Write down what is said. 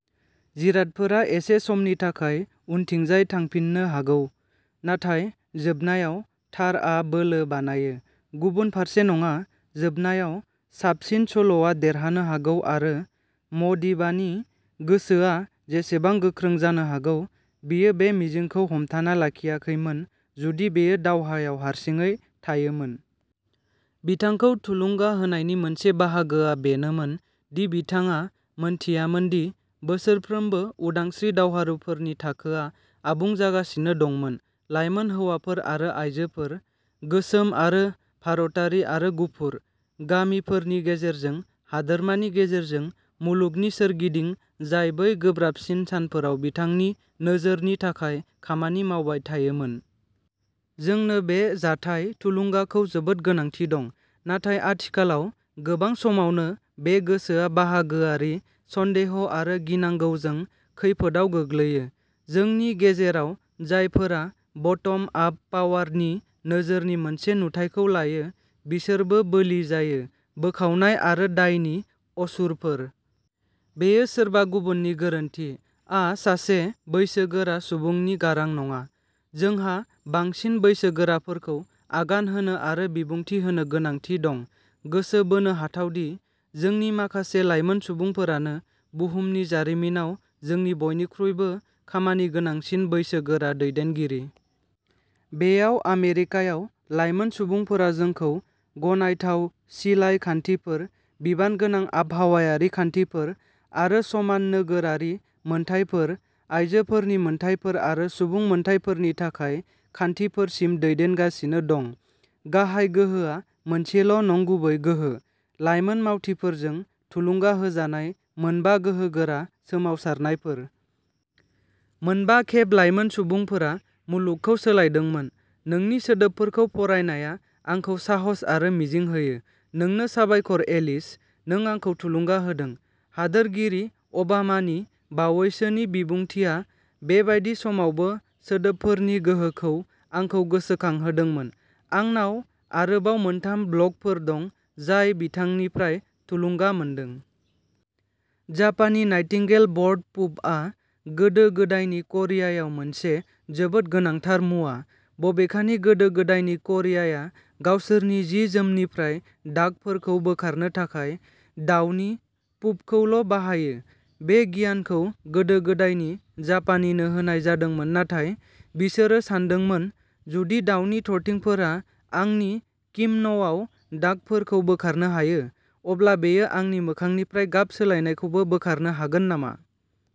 जिरादफोरा एसे समनि थाखाय उनथिंजाय थांफिनो जानो हागौ, नाथाय जोबनायाव, थारआ बोलो बानायो, गुबुन फारसे नङा। जोबनायाव, साबसिन सल'आ देरहानो हागौ आरो मदिबानि गोसोआ जेसेबां गोख्रों जानो हागौ, बियो बे मिजिंखौ हमथाना लाखियाखैमोन जुदि बियो दावहायाव हारसिङै थायोमोन। बिथांखौ थुलुंगा होनायनि मोनसे बाहागोआ बेनोमोन दि बिथाङा मोनथियोमोन दि बोसोरफ्रोमबो, उदांस्रि दावहारुफोरनि थाखोआ आबुं जागासिनो दंमोन, लाइमोन हौवाफोर आरो आयजोफोर; गोसोम आरो भारतारि आरो गुफुर, गामिफोरनि गेजेरजों, हादोरमानि गेजेरजों, मुलुगनि सोरगिदिं, जाय बै गोब्राबसिन सानफोराव बिथांनि नोजोरनि थाखाय खामानि मावबाय थायोमोन। जोंनो बे जथाय थुलुंगाखौ जोबोद गोनांथि दं। नाथाय आथिखालाव गोबां समावनो, बे गोसोआ बाहागोआरि, सन्देह आरो गिनांगौजों खैफोदआव गोग्लैयो। जोंनि गेजेराव जायफोरा ब'टम आप पावारनि नोजोरनि मोनसे नुथायखौ लायो, बिसोरबो बोलि जायो। बोखावनाय आरो दायनि असुरफोर। "बेयो सोरबा गुबुननि गोरोन्थि" आ सासे बैसोगोरा सुबुंनि गारां नङा। जोंहा बांसिन बैसोगोराफोरखौ आगान होनो आरो बिबुंथि होनो गोनांथि दं। गोसो बोनो हाथाव दि, जोंनि माखासे लाइमोन सुबुंफोरानो बुहुमनि जारिमिनाव जोंनि बयनिख्रुइबो खामानिगोनांसिन बैसोगोरा दैदेनगिरि। बेयाव आमेरिकायाव, लाइमोन सुबुंफोरा जोंखौ गनायथाव सिलाइ खान्थिफोर, बिबानगोनां आबहावायारि खान्थिफोर आरो समान नोगोरारि मोनथायफोर, आयजोफोरनि मोनथायफोर आरो सुबुं मोनथायफोरनि थाखाय खान्थिफोरसिम दैदेनगासिनो दं। गाहाय गोहोआ मोनसेल'नंगुबै गोहो। लाइमोन मावथिफोरजों थुलुंगा होजानाय मोनबा गोहोगोरा सोमावसारनायफोर। मोनबा खेब लाइमोन सुबुंफोरा मुलुगखौ सोलायदोंमोन। नोंनि सोदोबफोरखौ फरायनाया आंखौ साहस आरो मिजिं होयो। नोंनो साबायखर, एलिस। नों आंखौ थुलुंगा होदों। हादोरगिरि अबामानि बावैसोनि बिबुंथिआ बेबादि समावबो सोदोबफोरनि गोहोखौ आंखौ गोसोखांहोदोंमोन। आंनाव आरोबाव मोनथाम ब्लगफोर दं, जाय बिथांनिफ्राय थुलुंगा मोनदों। जापानी नाइटिंगेल बर्ड पुपआ गोदो-गोदायनि करियायाव मोनसे जोबोद गोनांथार मुवा। बबेखानि, गोदो-गोदायनि करियाया गावसोरनि जि-जोमनिफ्राय दागफोरखौ बोखारनो थाखाय दावनि पुपखौल'बाहायो। बे गियानखौ गोदो-गोदायनि जापानिनो होनाय जादोंमोन नाथाय बिसोरो सानदोंमोन, "जुदि दावनि थरथिंफोरा आंनि किमन'आव दागफोरखौ बोखारनो हायो, अब्ला बेयो आंनि मोखांनिफ्राय गाब सोलायनायखौबो बोखारनो हागोन नामा?